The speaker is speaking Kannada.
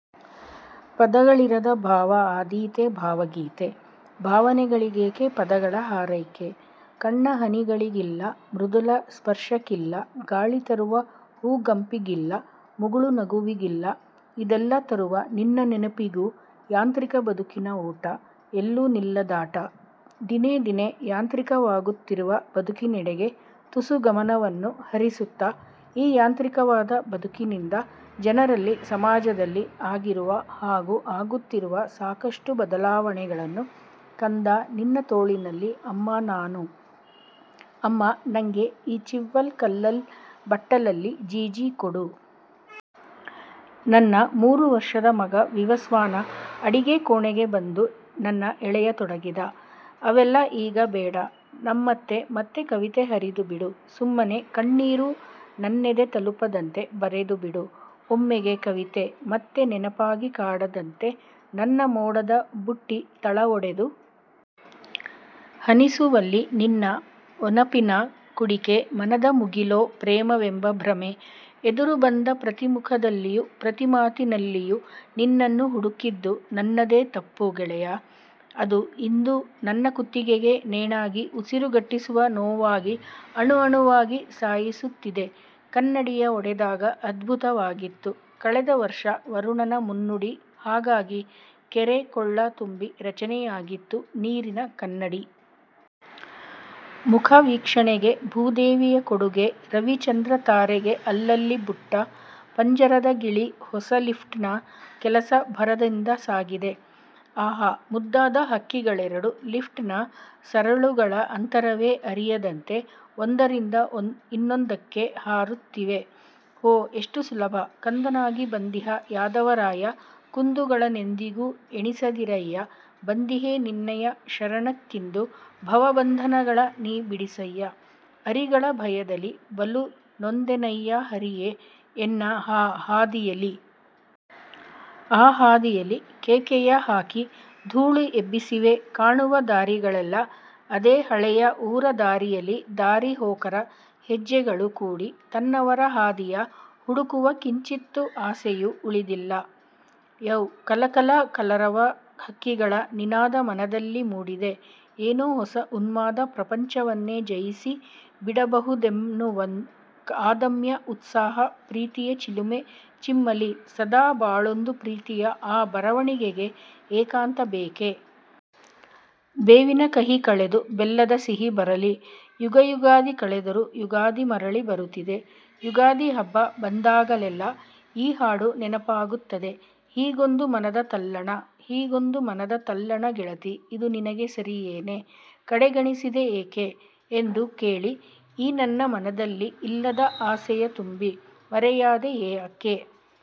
ಪದಗಳಿರದ ಭಾವ ಆದೀತೆ ಭಾವಗೀತೆ ಭಾವನೆಗಳಿಗೇಕೆ ಪದಗಳ ಹಾರೈಕೆ? ಕಣ್ಣ ಹನಿಗಳಿಗಿಲ್ಲ, ಮೃದುಲ ಸ್ಪರ್ಶಕ್ಕಿಲ್ಲ ಗಾಳಿ ತರುವ ಹೂಗಂಪಿಗಿಲ್ಲ, ಮುಗುಳು ನಗುವಿಗಿಲ್ಲ ಇದೆಲ್ಲ ತರುವ ನಿನ್ನ ನೆನಪಿಗೂ ಯಾಂತ್ರಿಕ ಬದುಕಿನ ಓಟ, ಎಲ್ಲೂ ನಿಲ್ಲದಾಟ! ದಿನೇದಿನೇ ಯಾಂತ್ರಿಕವಾಗುತ್ತಿರುವ ಬದುಕಿನೆಡೆಗೆ ತುಸು ಗಮನವನ್ನು ಹರಿಸುತ್ತಾ, ಈ ಯಾಂತ್ರಿಕವಾದ ಬದುಕಿನಿಂದ; ಜನರಲ್ಲಿ, ಸಮಾಜದಲ್ಲಿ ಆಗಿರುವ ಹಾಗೂ ಆಗುತ್ತಿರುವ ಸಾಕಷ್ಟು ಬದಲಾವಣೆಗಳನ್ನು ಕಂದಾ ನಿನ್ನ ತೋಳಿನಲ್ಲಿ ಅಮ್ಮಾ ನಾನು ''ಅಮ್ಮಾ, ನಂಗೆ ಈ ಚಿವ್ವಲ್ ಕಲಲ್ ಬಟ್ಟಲಲ್ಲಿ ಜೀಜಿ ಕೊಡು''. ನನ್ ನಮೂರು ವರ್ಷದ ಮಗ ವಿವಸ್ವಾನ ಅಡಿಗೆ ಕೋಣೆಗೆ ಬಂದು ನನ್ನ ಎಳೆಯತೊಡಗಿದ. "ಅದೆಲ್ಲ ಈಗ ಬೇಡ. ನಮತ್ತೆ ಮತ್ತೆ ಕವಿತೆ ಹರಿದು ಬಿಡು ಸುಮ್ಮನೆ ಕಣ್ಣೀರು ನನ್ನೆದೆ ತಲುಪದಂತೆ ಬರೆದುಬಿಡು ಒಮ್ಮೆಗೆ ಕವಿತೆ ಮತ್ತೆ ನೆನಪಾಗಿ ಕಾಡದಂತೆ ನನ್ನ ಮೋಡದ ಬುಟ್ಟಿ ತಳ ಒಡೆದು ಹನಿಸುವಲ್ಲಿ ನಿನ್ನ ಒನಪಿನ ಕುಡಿಕೆ ಮನದ ಮುಗಿಲೊ ಪ್ರೇಮವೆಂಬ ಭ್ರಮೆ ಎದುರು ಬಂದ ಪ್ರತಿ ಮುಖದಲ್ಲಿಯೂ ಪ್ರತಿ ಮಾತಿನಲ್ಲಿಯೂ ನಿನ್ನನ್ನು ಹುಡುಕಿದ್ದು ನನ್ನದೇ ತಪ್ಪು ಗೆಳೆಯಾ ಅದು ಇಂದು ನನ್ನ ಕುತ್ತಿಗೆಗೇ ನೇಣಾಗಿ ಉಸಿರುಗಟ್ಟಿಸುವ ನೋವಾಗಿ ಅಣು ಅಣುವಾಗಿ ಸಾಯಿಸುತ್ತಿದೆ, ಕನ್ನಡಿಯ ಒಡೆದಾಗ ಅದ್ಭುತವಾಗಿತ್ತು ಕಳೆದ ವರ್ಷ ವರುಣನ ಮುನ್ನುಡಿ ಹಾಗಾಗಿ, ಕೆರೆ ಕೊಳ್ಳ ತುಂಬಿ ರಚನೆಯಾಗಿತ್ತು ನೀರಿನ ಕನ್ನಡಿ. ಮುಖ ವೀಕ್ಷಣೆಗೆ ಭೂದೇವಿಯ ಕೊಡುಗೆ ರವಿ ಚಂದ್ರ ತಾರೆಗೆ ಅಲ್ಲಲ್ಲಿ ಬುಟ್ಟ, ಪಂಜರದ ಗಿಳಿ ಹೊಸ ಲಿಫ್ಟ್ ನ ಕೆಲಸ ಭರದಿಂದ ಸಾಗಿದೆ ಆಹಾ! ಮುದ್ದಾದ ಹಕ್ಕಿಗಳೆರಡು ಲಿಫ್ಟ್ ನ ಸರಳುಗಳ ಅಂತರವೇ ಅರಿಯದಂತೆ ಒಂದರಿಂದ ಇನ್ನೊಂದಕ್ಕೆ ಹಾರುತ್ತಿವೆ. ಹೋ! ಎಷ್ಟು ಸುಲಭ. ಕಂದನಾಗಿ ಬಂದಿಹ ಯಾದವರಾಯ ಕುಂದುಗಳನೆಂದಿಗೂ ಎಣಿಸದಿರಯ್ಯ ಬಂದಿಹೆ ನಿನ್ನಯ ಶರಣಕ್ಕಿಂದು ಭವ ಬಂಧನಗಳ ನೀ ಬಿಡಿಸಯ್ಯ ಅರಿಗಳ ಭಯದಲಿ ಬಲು ನೊಂದೆನಯ್ಯ ಹರಿಯೇ ಎನ್ನ ಆ ಹಾದಿಯಲಿ. ಆ ಹಾದಿಯಲಿ.. ಕೇಕೆಯ ಹಾಕಿ ಧೂಳು ಎಬ್ಬಿಸಿವೆ ಕಾಣುವ ದಾರಿಗಳೆಲ್ಲ ಅದೇ ಹಳೆಯ ಊರ ದಾರಿಯಲಿ ದಾರಿಹೋಕರ ಹೆಜ್ಜೆಗಳು ಕೂಡಿ ತನ್ನವರ ಹಾದಿಯ ಹುಡುಕುವ ಕಿಂಚಿತ್ತು ಆಸೆಯೂ ಉಳಿದಿಲ್ಲ. ಯೌ- ಕಲ ಕಲ ಕಲರವ ಹಕ್ಕಿಗಳ ನಿನಾದ ಮನದಲ್ಲಿ ಮೂಡಿದೆ ಏನೋ ಹೊಸ ಉನ್ಮಾದ ಪ್ರಪಂಚವನ್ನೇ ಜಯಿಸಿ ಬಿಡದಬಹುದೆನ್ನುವ ಅದಮ್ಯ ಉತ್ಸಾಹ ಪ್ರೀತಿಯ ಚಿಲುಮೆ ಚಿಮ್ಮಲಿ ಸದಾ ಬಾಳೊಂದು ಪ್ರೀತಿಯ ಆ ಬರವಣಿಗೆಗೆ ಏಕಾಂತ ಬೇಕೇ? ಬೇವಿನ ಕಹಿ ಕಳೆದು ಬೆಲ್ಲದ ಸಿಹಿ ಬರಲಿ- ಯುಗ ಯುಗಾದಿ ಕಳೆದರು ಯುಗಾದಿ ಮರಳಿ ಬರುತಿದೆ.. ಯುಗಾದಿ ಹಬ್ಬ ಬಂದಾಗಲೆಲ್ಲ ಈ ಹಾಡು ನೆನಪಾಗುತ್ತದೆ. ಹೀಗೊಂದು ಮನದ ತಲ್ಲಣ- ಹೀಗೊಂದು ಮನದ ತಲ್ಲಣ ಗೆಳತಿ ಇದು ನಿನಗೆ ಸರಿಯೇನೆ? ಕಡೆಗಣಿಸಿದೆ ಏಕೆ? ಎಂದು ಕೇಳಿ.. ಈ ನನ್ನ ಮನದಲ್ಲಿ ಇಲ್ಲದ ಆಸೆಯ ತುಂಬಿ.. ಮರೆಯಾದೆ ಯಾಕೆ?